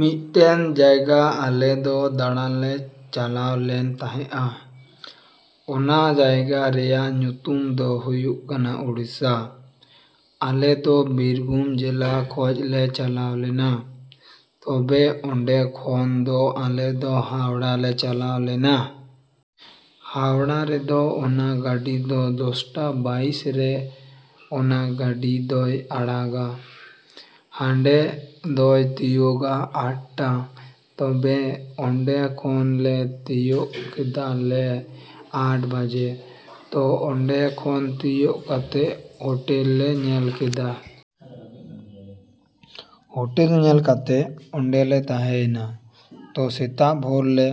‎ᱢᱤᱫᱴᱮᱱ ᱡᱟᱭᱜᱟ ᱟᱞᱮ ᱫᱚ ᱫᱟᱬᱟᱱ ᱞᱮ ᱪᱟᱞᱟᱣ ᱞᱮᱱ ᱛᱟᱸᱦᱮᱜᱼᱟ᱾ ᱚᱱᱟ ᱡᱟᱭᱜᱟ ᱨᱮᱭᱟᱜ ᱧᱩᱛᱩᱢ ᱫᱚ ᱦᱩᱭᱩᱜ ᱠᱟᱱᱟ ᱩᱲᱤᱥᱥᱟ᱾ ᱟᱞᱮ ᱫᱚ ᱵᱤᱨᱵᱷᱩᱢ ᱡᱮᱞᱟ ᱠᱷᱚᱡ ᱞᱮ ᱪᱟᱞᱟᱣ ᱞᱮᱱᱟ᱾ ᱛᱚᱵᱮ ᱚᱱᱰᱮ ᱠᱷᱚᱱ ᱫᱚ ᱟᱞᱮ ᱫᱚ ᱦᱟᱣᱲᱟ ᱞᱮ ᱪᱟᱞᱟᱣ ᱞᱮᱱᱟ᱾ ᱦᱟᱣᱲᱟ ᱨᱮᱫᱚ ᱚᱱᱟ ᱜᱟᱹᱰᱤ ᱫᱚ ᱫᱚᱥᱴᱟ ᱵᱟᱭᱤᱥ ᱨᱮ ᱚᱱᱟ ᱜᱟᱹᱰᱤ ᱫᱚᱭ ᱟᱲᱟᱜᱟ᱾ ᱦᱟᱱᱰᱮ ᱫᱚᱭ ᱛᱤᱭᱳᱜᱟ ᱟᱴᱴᱟ᱾ ᱛᱚᱵᱮ ᱚᱱᱰᱮ ᱠᱷᱚᱱ ᱞᱮ ᱛᱤᱭᱳᱜ ᱠᱮᱫᱟᱞᱮ ᱟᱴ ᱵᱟᱡᱮ᱾ ᱛᱚ ᱚᱱᱰᱮ ᱠᱷᱚᱱ ᱛᱤᱭᱳᱜ ᱠᱟᱛᱮᱜ ᱦᱳᱴᱮᱞ ᱞᱮ ᱧᱮᱞ ᱠᱮᱫᱟ᱾ ᱦᱳᱴᱮᱞ ᱧᱮᱞ ᱠᱟᱛᱮᱜ ᱚᱱᱰᱮ ᱞᱮ ᱛᱟᱸᱦᱮᱭᱮᱱᱟ᱾ ᱛᱚ ᱥᱮᱛᱟᱜ ᱵᱷᱳᱨ ᱞᱮ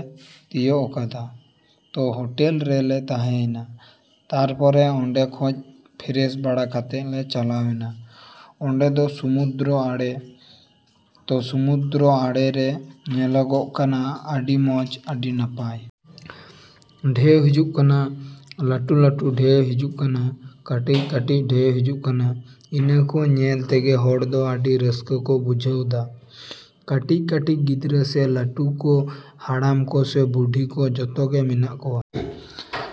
ᱛᱤᱭᱳᱜ ᱟᱠᱟᱫᱟ᱾ ᱛᱚ ᱦᱳᱴᱮᱞ ᱨᱮ ᱞᱮ ᱛᱟᱸᱦᱮᱭᱮᱱᱟ᱾ ᱛᱟᱨᱯᱚᱨᱮ ᱚᱱᱰᱮ ᱠᱷᱚᱡ ᱯᱷᱮᱨᱮᱥ ᱵᱟᱲᱟ ᱠᱟᱛᱮᱜ ᱞᱮ ᱪᱟᱞᱟᱣ ᱮᱱᱟ ᱚᱱᱰᱮ ᱫᱚ ᱥᱚᱢᱩᱫᱽᱨᱚ ᱟᱲᱮ᱾ ᱛᱚ ᱥᱚᱢᱩᱫᱽᱨᱚ ᱟᱲᱮ ᱨᱮ ᱧᱮᱞᱚᱜᱚᱜ ᱠᱟᱱᱟ ᱟᱹᱰᱤ ᱢᱚᱸᱡ, ᱟᱹᱰᱤ ᱱᱟᱯᱟᱭ᱾ ᱰᱷᱮᱣ ᱦᱤᱡᱩᱜ ᱠᱟᱱᱟ, ᱞᱟᱹᱴᱩ ᱞᱟᱹᱴᱩ ᱰᱷᱮᱣ ᱦᱤᱡᱩᱜ ᱠᱟᱱᱟ, ᱠᱟᱹᱴᱤᱡ ᱠᱟᱹᱴᱤᱡ ᱰᱷᱮᱣ ᱦᱤᱡᱩᱜ ᱠᱟᱱᱟ᱾ ᱤᱱᱟᱹ ᱠᱚ ᱧᱮᱞ ᱛᱮᱜᱮ ᱦᱚᱲ ᱫᱚ ᱟᱹᱰᱤ ᱨᱟᱹᱥᱠᱟᱹ ᱠᱚ ᱵᱩᱡᱷᱟᱹᱣ ᱫᱟ᱾ ᱠᱟᱹᱴᱤᱡ ᱠᱟᱹᱴᱤᱡ ᱜᱤᱫᱽᱨᱟᱹ ᱥᱮ ᱞᱟᱹᱴᱩ ᱠᱚ, ᱦᱟᱲᱟᱢ ᱠᱚ ᱥᱮ ᱵᱩᱰᱷᱤ ᱠᱚ, ᱡᱚᱛᱚ ᱜᱮ ᱢᱮᱱᱟᱜ ᱠᱚᱣᱟ᱾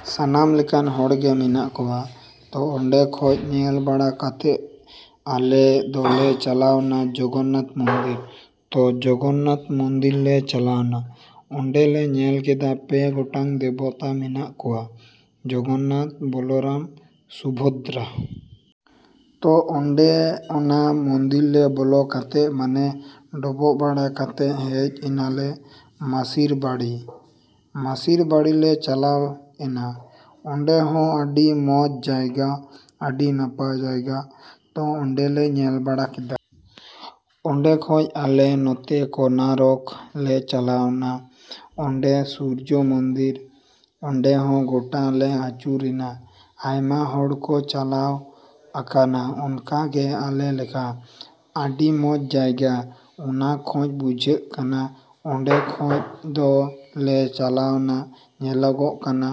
ᱥᱟᱱᱟᱢ ᱞᱮᱠᱟᱱ ᱦᱚᱲ ᱜᱮ ᱢᱮᱱᱟᱜ ᱠᱚᱣᱟ᱾ ᱛᱚ ᱚᱱᱰᱮ ᱠᱷᱚᱡ ᱧᱮᱞ ᱵᱟᱲᱟ ᱠᱟᱛᱮᱜ ᱟᱞᱮ ᱫᱚ ᱞᱮ ᱪᱟᱞᱟᱣᱱᱟ ᱡᱚᱜᱚᱱᱱᱟᱛᱷ ᱢᱚᱱᱫᱤᱨ᱾ ᱛᱚ ᱡᱚᱜᱚᱱᱱᱟᱛᱷ ᱢᱚᱱᱫᱤᱨ ᱞᱮ ᱪᱟᱞᱟᱣᱱᱟ᱾ ᱚᱱᱰᱮ ᱞᱮ ᱧᱮᱞ ᱠᱮᱫᱟ ᱯᱮ ᱜᱚᱴᱟᱝ ᱫᱮᱵᱚᱛᱟ ᱢᱮᱱᱟᱜ ᱠᱚᱣᱟ ᱡᱚᱜᱚᱱᱱᱟᱛᱷ, ᱵᱚᱞᱨᱟᱢ, ᱥᱩᱵᱷᱚᱫᱽᱨᱟ᱾ ᱛᱚ ᱚᱱᱰᱮ ᱚᱱᱟ ᱢᱚᱱᱫᱤᱨ ᱨᱮ ᱵᱚᱞᱚ ᱠᱟᱛᱮᱜ ᱢᱟᱱᱮ ᱰᱚᱵᱚᱜ ᱵᱟᱲᱟ ᱠᱟᱛᱮᱜ ᱦᱮᱡ ᱮᱱᱟᱞᱮ ᱢᱟᱥᱤᱨ ᱵᱟᱲᱤ᱾ ᱢᱟᱥᱤᱨ ᱵᱟᱲᱤ ᱞᱮ ᱪᱟᱞᱟᱣ ᱮᱱᱟ᱾ ᱚᱱᱰᱮ ᱦᱚᱸ ᱟᱹᱰᱤ ᱢᱚᱸᱡ ᱡᱟᱭᱜᱟ, ᱟᱹᱰᱤ ᱱᱟᱯᱟᱭ ᱡᱟᱭᱜᱟ᱾ ᱛᱚ ᱚᱱᱰᱮ ᱞᱮ ᱧᱮᱞ ᱵᱟᱲᱟ ᱠᱮᱫᱟ᱾ ᱚᱱᱰᱮ ᱠᱷᱚᱡ ᱟᱞᱮ ᱱᱚᱛᱮ ᱠᱳᱱᱟᱨᱚᱠ ᱞᱮ ᱪᱟᱞᱟᱣᱱᱟ ᱚᱱᱰᱮ ᱥᱩᱨᱡᱚ ᱢᱚᱱᱫᱤᱨ᱾ ᱚᱱᱰᱮ ᱦᱚᱸ ᱜᱚᱴᱟ ᱞᱮ ᱟᱹᱪᱩᱨ ᱮᱱᱟ᱾ ᱟᱭᱢᱟ ᱦᱚᱲ ᱠᱚ ᱪᱟᱞᱟᱣ ᱟᱠᱟᱱᱟ ᱚᱱᱠᱟ ᱜᱮ ᱟᱞᱮ ᱞᱮᱠᱟ᱾ ᱟᱹᱰᱤ ᱢᱚᱸᱡ ᱡᱟᱭᱜᱟ ᱚᱱᱟ ᱠᱷᱚᱡ ᱵᱩᱡᱷᱟᱹᱜ ᱠᱟᱱᱟ᱾ ᱚᱱᱰᱮ ᱠᱷᱚᱡ ᱫᱚ ᱞᱮ ᱪᱟᱞᱟᱣᱱᱟ ᱧᱮᱞᱚᱜᱚᱜ ᱠᱟᱱᱟ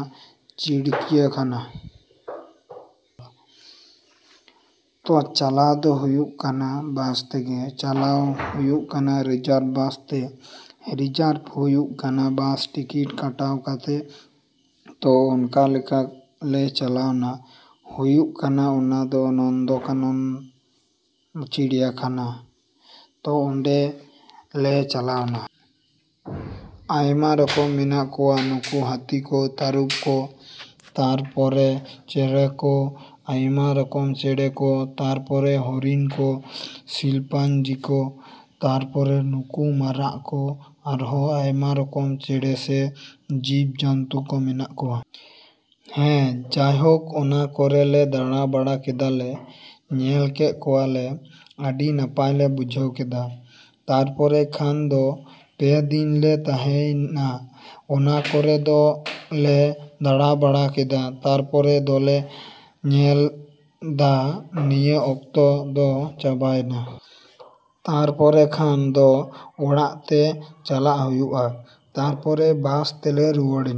ᱪᱤᱲᱭᱟᱠᱷᱟᱱᱟ᱾ ᱛᱚ ᱪᱟᱞᱟᱣ ᱫᱚ ᱦᱩᱭᱩᱜ ᱠᱟᱱᱟ ᱵᱟᱥ ᱛᱮᱜᱮ ᱪᱟᱞᱟᱣ ᱦᱩᱭᱩᱜ ᱠᱟᱱᱟ ᱨᱤᱡᱟᱨᱵᱷ ᱵᱟᱥ ᱛᱮ᱾ ᱨᱤᱡᱟᱨᱵᱷ ᱦᱩᱭᱩᱜ ᱠᱟᱱᱟ ᱵᱟᱥ ᱴᱤᱠᱤᱴ ᱠᱟᱴᱟᱣ ᱠᱟᱛᱮᱜ᱾ ᱛᱚ ᱚᱱᱠᱟ ᱞᱮᱠᱟ ᱞᱮ ᱪᱟᱞᱟᱣᱱᱟ᱾ ᱦᱩᱭᱩᱜ ᱠᱟᱱᱟ ᱚᱱᱟ ᱫᱚ ᱱᱚᱱᱫᱚᱱᱠᱟᱱᱚᱱ ᱪᱤᱲᱭᱟᱠᱷᱟᱱᱟ᱾ ᱛᱚ ᱚᱱᱰᱮ ᱞᱮ ᱪᱟᱞᱟᱣᱱᱟ᱾ ᱟᱭᱢᱟ ᱨᱚᱠᱚᱢ ᱢᱮᱱᱟᱜ ᱠᱚᱣᱟ ᱱᱩᱠᱩ ᱦᱟᱹᱛᱤ ᱠᱚ, ᱛᱟᱹᱨᱩᱵᱽ ᱠᱚ᱾ ᱛᱟᱨᱯᱚᱨᱮ ᱪᱮᱬᱮ ᱠᱚ, ᱟᱭᱢᱟ ᱨᱚᱠᱚᱢ ᱪᱮᱬᱮ ᱠᱚ᱾ ᱛᱟᱨᱯᱚᱨᱮ ᱦᱚᱨᱤᱱ ᱠᱚ, ᱥᱤᱞᱯᱟᱧᱡᱤ ᱠᱚ᱾ ᱛᱟᱨᱯᱚᱨᱮ ᱱᱩᱠᱩ ᱢᱟᱨᱟᱜ ᱠᱚ, ᱟᱨᱦᱚᱸ ᱟᱭᱢᱟ ᱨᱚᱠᱚᱢ ᱪᱮᱬᱮ ᱥᱮ ᱡᱤᱵᱽ ᱡᱚᱱᱛᱩ ᱠᱚ ᱢᱮᱱᱟᱜ ᱠᱚᱣᱟ᱾ ᱦᱮᱸ, ᱡᱟᱭᱦᱳᱠ ᱚᱱᱟ ᱠᱚᱨᱮ ᱞᱮ ᱫᱟᱬᱟᱵᱟᱲᱟ ᱠᱮᱫᱟᱞᱮ, ᱧᱮᱞ ᱠᱮᱜ ᱠᱚᱣᱟᱞᱮ, ᱟᱹᱰᱤ ᱱᱟᱯᱟᱭ ᱞᱮ ᱵᱩᱡᱷᱟᱹᱣ ᱠᱮᱫᱟ᱾ ᱛᱟᱨᱯᱚᱨᱮ ᱠᱷᱟᱱ ᱫᱚ ᱯᱮ ᱫᱤᱱ ᱞᱮ ᱛᱟᱸᱦᱮᱭ ᱱᱟ ᱚᱱᱟ ᱠᱚᱨᱮ ᱫᱚ ᱞᱮ ᱫᱟᱬᱟᱵᱟᱬᱟ ᱠᱮᱫᱟ᱾ ᱛᱟᱨᱯᱚᱨᱮ ᱫᱚᱞᱮ ᱧᱮᱞ ᱫᱟ ᱱᱤᱭᱟᱹ ᱚᱠᱛᱚ ᱫᱚ ᱪᱟᱵᱟᱭᱮᱱᱟ᱾ ᱛᱟᱨᱯᱚᱨᱮ ᱠᱷᱟᱱ ᱫᱚ ᱚᱲᱟᱜ ᱛᱮ ᱪᱟᱞᱟᱜ ᱦᱩᱭᱩᱜᱼᱟ᱾ ᱛᱟᱨᱯᱚᱨᱮ ᱵᱟᱥ ᱛᱮᱞᱮ ᱨᱩᱣᱟ‌.ᱲ ᱮᱱᱟ᱾